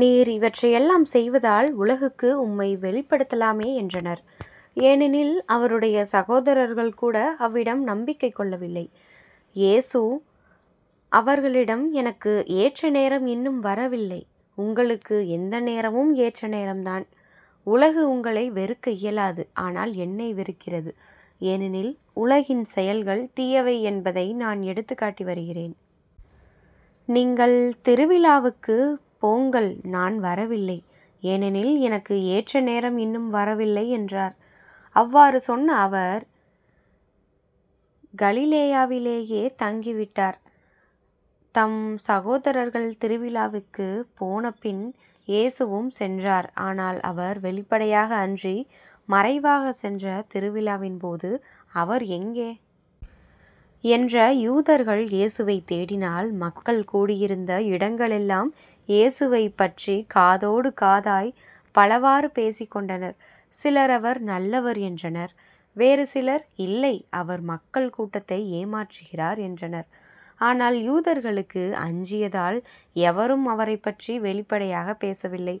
நீர் இவற்றையெல்லாம் செய்வதால் உலகுக்கு உம்மை வெளிப்படுத்தலாமே என்றனர். ஏனெனில்அவருடைய சகோதரர்கள் கூட அவ்விடம் நம்பிக்கை கொள்ளவில்லை. இயேசு அவர்களிடம் எனக்கு ஏற்ற நேரம் இன்னும் வரவில்லை உங்களுக்கு எந்த நேரமும் ஏற்ற நேரம்தான். உலகு உங்களை வெறுக்க இயலாது ஆனால் என்னை வெறுக்கிறது. ஏனெனில் உலகின் செயல்கள் தீயவை என்பதை நான் எடுத்துக்காட்டி வருகிறேன். நீங்கள் திருவிழாவுக்குப் போங்கள் நான் வரவில்லை. ஏனெனில் எனக்கு ஏற்ற நேரம் இன்னும் வரவில்லை என்றார். அவ்வாறு சொன்ன அவர் கலிலேயாவிலேயே தங்கி விட்டார். தம் சகோதரர்கள் திருவிழாவிற்குப் போனபின் இயேசுவும் சென்றார். ஆனால் அவர் வெளிப்படையாக அன்றி மறைவாகச் சென்ற திருவிழாவின்போது அவர் எங்கே? என்ற யூதர்கள் இயேசுவைத் தேடினாள். மக்கள் கூடியிருந்த இடங்கலெல்லாம் இயேசுவைப்பற்றிக்காதோடு காதாய்ப் பலவாறு பேசிக் கொண்டனர். சிலர் அவர் நல்லவர் என்றனர். வேறு சிலர் இல்லை அவர் மக்கள் கூட்டத்தை ஏமாற்றுகிறார் என்றனர். ஆனால் யூதர்களுக்கு அஞ்சியதால் எவரும் அவரைப் பற்றி வெளிப்படையாகப் பேசவில்லை.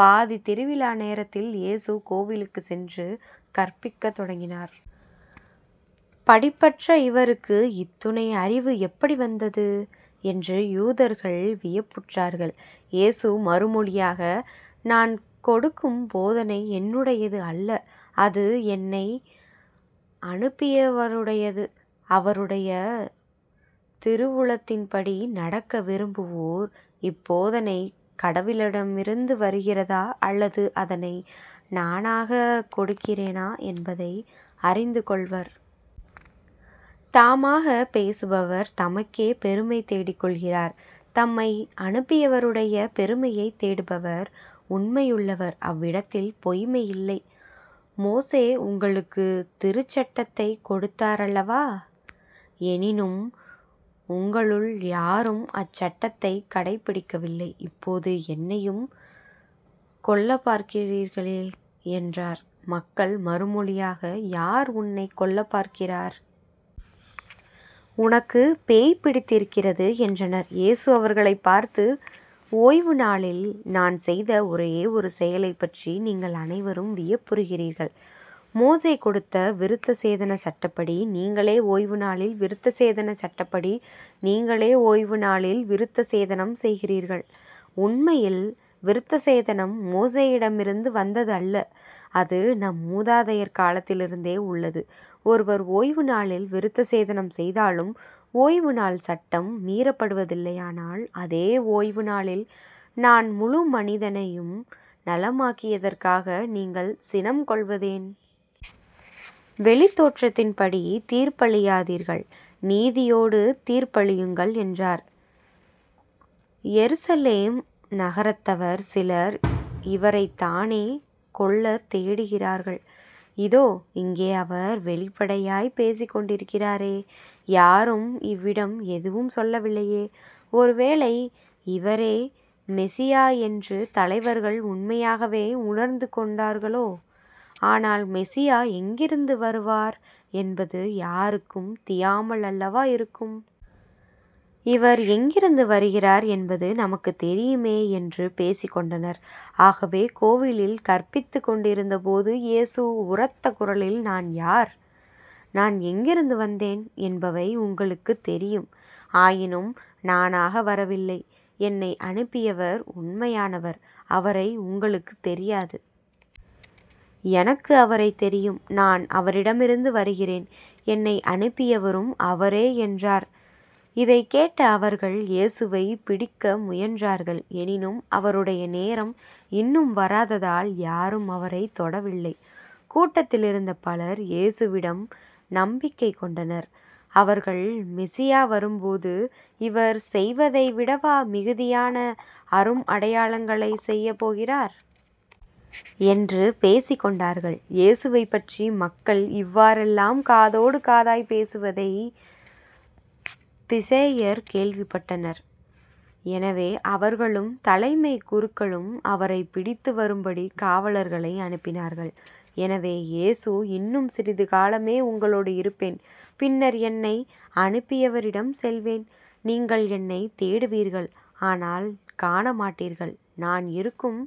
பாதித் திருவிழா நேரத்தில் இயேசு கோவிலுக்குச் சென்று கற்பிக்கத் தொடங்கினார். படிப்பற்ற இவருக்கு இத்துணை அறிவு எப்படி வந்தது? என்று யூதர்கள் வியப்புற்றார்கள். இயேசு மறுமொழியாக நான் கொடுக்கும் போதனை என்னுடையது அல்ல அது என்னை அனுப்பியவருடையது. அவருடைய திருவுளத்தின்படி நடக்க விரும்புவோர் இப்போதனை கடவுளிடமிருந்து வருகிறதா? அல்லது அதனை நானாகக் கொடுக்கிறேனா என்பதை அறிந்து கொள்வர். தாமாகப் பேசுபவர் தமக்கே பெருமை தேடிக்கொள்கிறார். தம்மை அனுப்பியவருடைய பெருமையைத் தேடுபவர் உண்மையுள்ளவர் அவ்விடத்தில் பொய்ம்மை இல்லை. மோசே உங்களுக்குத் திருச்சட்டத்தைக் கொடுத்தார் அல்லவா? எனினும் உங்களுள் யாரும் அச்சட்டத்தைக் கடைப்பிடிப்பதில்லை. இப்போது என்னையும் கொல்லப்பார்க்கிறீர்களே என்றார். மக்கள் மறுமொழியாக யார் உன்னைக் கொல்லப் பார்க்கிறார்? உனக்குப் பேய் பிடித்திருக்கிறது என்றனர். இயேசு அவர்களைப் பார்த்து ஓய்வுநாளில் நான் செய்த ஒரே ஒரு செயலைப் பற்றி நீங்கள் அனைவரும் வியப்புறுகிறீர்கள். மோசே கொடுத்த விருத்தசேதனச் சட்டப்படி நீங்களே ஓய்வுநாளில் விருத்தசேதனச் சட்டப்படி நீங்களே ஓய்வு நாளில் விருத்தசேதனம் செய்கிறீர்கள். உண்மையில் விருத்தசேதனம் மோசேயிடமிருந்து வந்தது அல்ல அது நம் முதாதையர் காலத்திலிருந்தே உள்ளது ஒருவர் ஓய்வு நாளில் விருத்தசேதனம் செய்தாலும் ஓய்வு நாள் சட்டம் மீறப்படுவதில்லையானால் அதே ஓய்வுநாளில் நான் முழு மனிதனையும் நலமாக்கியதற்காக நீங்கள் சினம் கொள்வதேன்? வெளித்தோற்றத்தின்படி தீர்ப்பளியாதீர்கள். நீதியோடு தீர்ப்பளியுங்கள் என்றார். எருசலேம் நகரத்தவர் சிலர் இவரைத்தானே கொல்லத் தேடுகிறார்கள்? இதோ. இங்கே அவர் வெளிப்படையாய்ப் பேசிக்கொண்டிருக்கிறாரே. யாரும் இவிடம் எதுவும் சொல்லவில்லையே. ஒருவேளை இவரே மெசியா என்று தலைவர்கள் உண்மையாகவே உண்ந்துகொண்டார்களோ? ஆனால் மெசியா எங்கிருந்து வருவார் என்பது யாருக்கும் தியாமல் அல்லவா இருக்கும். இவர் எங்கிருந்து வருகிறார் என்பது நமக்குத் தெரியுமே என்று பேசிக் கொண்டனர். ஆகவே கோவிலில் கற்பித்துக் கொண்டிருந்தபோது இயேசு உரத்த குரலில் நான் யார்? நான் எங்கிருந்து வந்தேன் என்பவை உங்களுக்குத் தெரியும். ஆயினும் நானாக வரவில்லை. என்னை அனுப்பியவர் உண்மையானவர். அவரை உங்களுக்குத் தெரியாது. எனக்கு அவரைத் தெரியும். நான் அவிடமிருந்து வருகிறேன். என்னை அனுப்பியவரும் அவரே என்றார். இதைக் கேட்ட அவர்கள் இயேசுவைப் பிடிக்க முயன்றார்கள். எனினும் அவருடைய நேரம் இன்னும் வராததால் யாரும் அவரைத் தொடவில்லை. கூட்டத்திலிருந்த பலர் இயேசுவிடம் நம்பிக்கை கொண்டனர். அவர்கள் மெசியா வரும்போது இவர் செய்வதைவிடவா மிகுதியான அரும் அடையாளங்களைச் செய்யப் போகிறார்? என்று பேசிக்கொண்டார்கள். இயேசுவைப்பற்றி மக்கள் இவ்வாறெல்லாம் காதோடு காதாய்ப் பேசுவதைப் பிசேயர் கேள்விப்பட்டனர். எனவே அவர்களும் தலைமைக் குருக்களும் அவரைப் பிடித்து வரும்படி காவலர்களை அனுப்பினார்கள். எனவே இயேசு இன்னும் சிறிது காலமே உங்களோடு இருப்பேன் பின்னர் என்னை அனுப்பியவிடம் செல்வேன். நீங்கள் என்னைத் தேடுவீர்கள் ஆனால் காணமாட்டீர்கள். நான் இருக்கும்